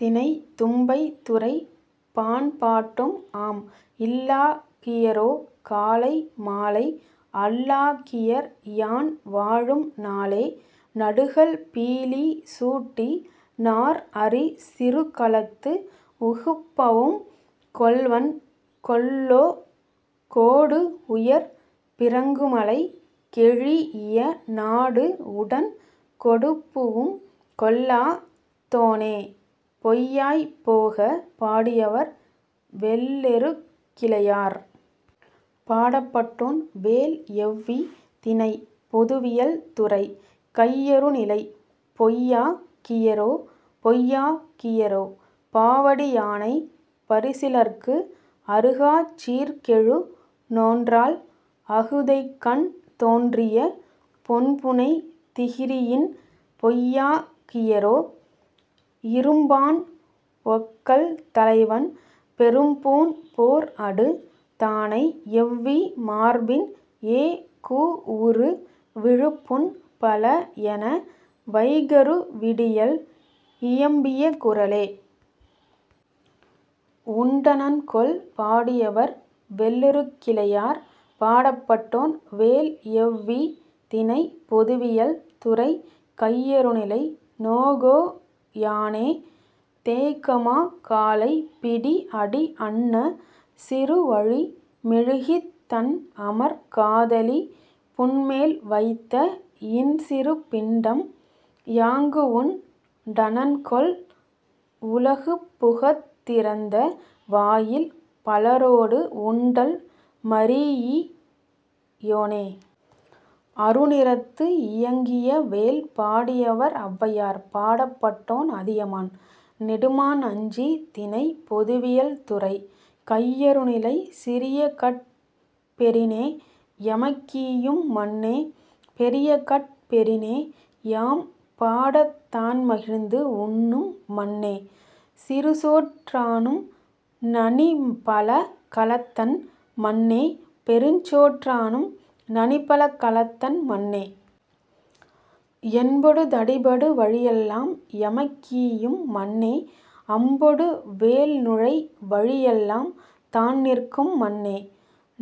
திணை: தும்பை. துறை:பாண்பாட்டும் ஆம். இல்லா கியரோ, காலை மாலை! அல்லா கியர், யான் வாழும் நாளே! நடுகல் பீலி சூட்டி, நார்அரி சிறுகலத்து உகுப்பவும் கொள்வன் கொல்லொ- கோடு உயர் பிறங்குமலை கெழீஇய நாடு உடன் கொடுப்புவும் கொள்ளா தோனே?. பொய்யாய்ப் போக! பாடியவர்: வெள்ளெருக்கிலையார். பாடப்பட்டோன்: வேள் எவ்வி. திணை: பொதுவியல். துறை: கையறுநிலை. பொய்யா கியரோ! பொய்யா கியரோ! பாவடி யானை பரிசிலர்க்கு அருகாச் சீர்கெழு நோன்றாள் அகுதைகண் தோன்றிய பொன்புனை திகிரியின் பொய்யா கியரோ! 'இரும்பாண் ஒக்கல் தலைவன், பெரும்பூண், போர்அடு தானை, எவ்வி மார்பின் எ·குஉறு விழுப்புண் பல' என வைகறு விடியல், இயம்பிய குரலே.. உண்டனன் கொல்? பாடியவர்: வெள்ளெருக்கிலையார். பாடப்பட்டோன்: வேள் எவ்வி. திணை: பொதுவியல். துறை: கையறுநிலை. நோகோ யானே? தேய்கமா காலை! பிடி அடி அன்ன சிறுவழி மெழுகித், தன்அமர் காதலி புன்மேல் வைத்த இன்சிறு பிண்டம் யாங்குஉண் டனன்கொல்- உலகுபுகத் திறந்த வாயில் பலரோடு உண்டல் மரீஇ யோனே?. அருநிறத்து இயங்கிய வேல்! பாடியவர்: ஔவையார். பாடப்பட்டோன்: அதியமான் நெடுமான் அஞ்சி. திணை: பொதுவியல். துறை: கையறுநிலை. சிறியகட் பெறினே, எமக்கீயும்; மன்னே! பெரிய கட் பெறினே, யாம் பாடத், தான்மகிழ்ந்து உண்ணும்; மன்னே! சிறுசோற் றானும் நனிபல கலத்தன்; மன்னே! பெருஞ்சோற்றானும் நனிபல கலத்தன்; மன்னே! என்பொடு தடிபடு வழியெல்லாம் எமக்கீயும்; மன்னே! அம்பொடு வேல்நுழை வழியெல்லாம் தான்நிற்கும் மன்னே!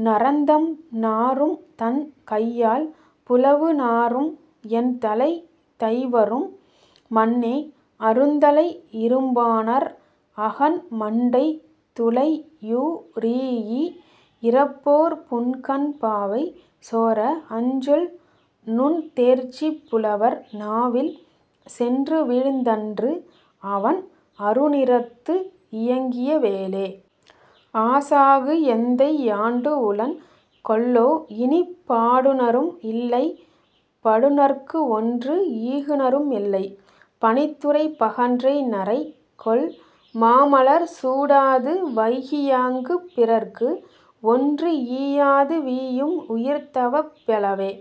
நரந்தம் நாறும் தன் கையால், புலவு நாறும் என்தலை தைவரும்! மன்னே அருந்தலை இரும்பாணர் அகன்மண்டைத் துளையுரீஇ, இரப்போர் புன்கண் பாவை சோர, அஞ்சொல் நுண்தேர்ச்சிப் புலவர் நாவில் சென்றுவீழ்ந் தன்று, அவன் அருநிறத்து இயங்கிய வேலே! ஆசாகு எந்தை யாண்டுஉளன் கொல்லோ? இனிப், பாடுநரும் இல்லை; படுநர்க்குஒன்று ஈகுநரும் இல்லை; பனித்துறைப் பகன்றை நறைக் கொள் மாமலர் சூடாது வைகியாங்குப், பிறர்க்கு ஒன்று ஈயாது வீயும் உயிர்தவப் பலவே!.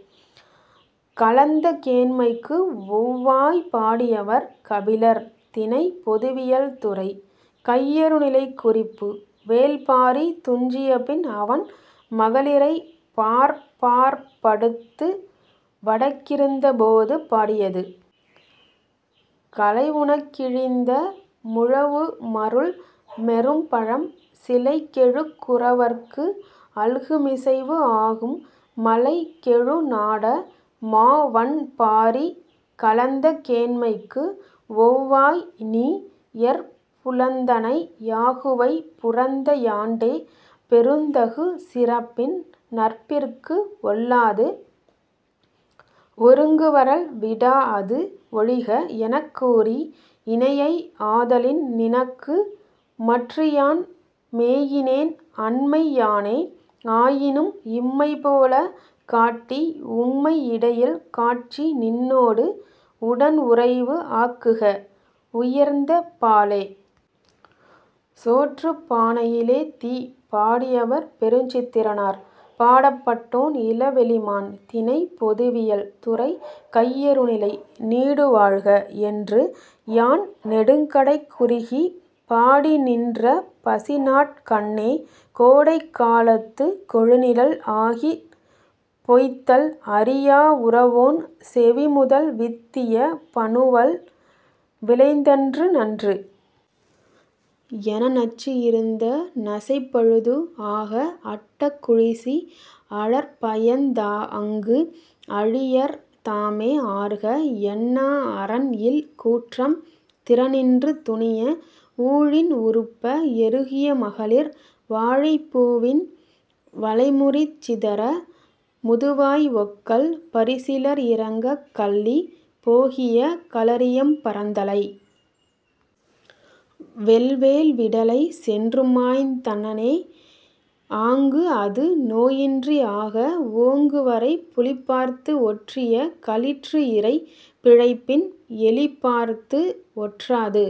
கலந்த கேண்மைக்கு ஒவ்வாய்! பாடியவர்: கபிலர் திணை: பொதுவியல் துறை: கையறுநிலை குறிப்பு: வேள்பாரி துஞ்சியபின், அவன் மகளிரைப் பார்ப்பார்ப்படுத்து வடக்கிருந்தபோது, பாடியது. கலைஉணக் கிழிந்த, முழவுமருள் மெரும்பழம் சிலைகெழு குறவர்க்கு அல்குமிசைவு ஆகும் மலை கெழு நாட! மா வண் பாரி கலந்த கேண்மைக்கு ஒவ்வாய், நீ; எற் புலந்தனை யாகுவை- புரந்த யாண்டே பெருந்தகு சிறப்பின் நட்பிற்கு ஒல்லாது ஒருங்குவரல் விடாஅது 'ஒழிக' எனக்கூறி, இனையை ஆதலின் நினக்கு மற்றுயான் மேயினேன் அன்மை யானே; ஆயினும், இம்மை போலக் காட்டி, உம்மை இடையில் காட்சி நின்னோடு உடன்உறைவு ஆக்குக, உயர்ந்த பாலே!. சோற்றுப் பானையிலே தீ! பாடியவர்: பெருஞ்சித்திரனார். பாடப்பட்டோன்: இளவெளிமான். திணை: பொதுவியல். துறை: கையறுநிலை. 'நீடுவாழ்க! ' என்று, யான் நெடுங்கடை குறுகிப், பாடி நின்ற பசிநாட் கண்ணே, 'கோடைக் காலத்துக் கொழுநிழல் ஆகிப், பொய்த்தல் அறியா உரவோன் செவிமுதல் வித்திய பனுவல் விளைந்தன்று நன்று' என நச்சி இருந்த நசைபழுது ஆக, அட்ட குழிசி அழற்பயந் தாஅங்கு, 'அளியர் தாமே ஆர்க' என்னா அறன்இல் கூற்றம் திறனின்று துணிய, ஊழின் உருப்ப எருகிய மகளிர் வாழைப் பூவின் வளைமுறி சிதற, முதுவாய் ஒக்கல் பரிசிலர் இரங்கக் கள்ளி போகிய களரியம் பறந்தலை, வெள்வேல் விடலை சென்றுமாய்ந் தனனே; ஆங்கு அது நோயின்று ஆக, ஓங்குவரைப் புலிபார்த்து ஒற்றிய களிற்றுஇரை பிழைப்பின், எலிபார்த்து ஒற்றாது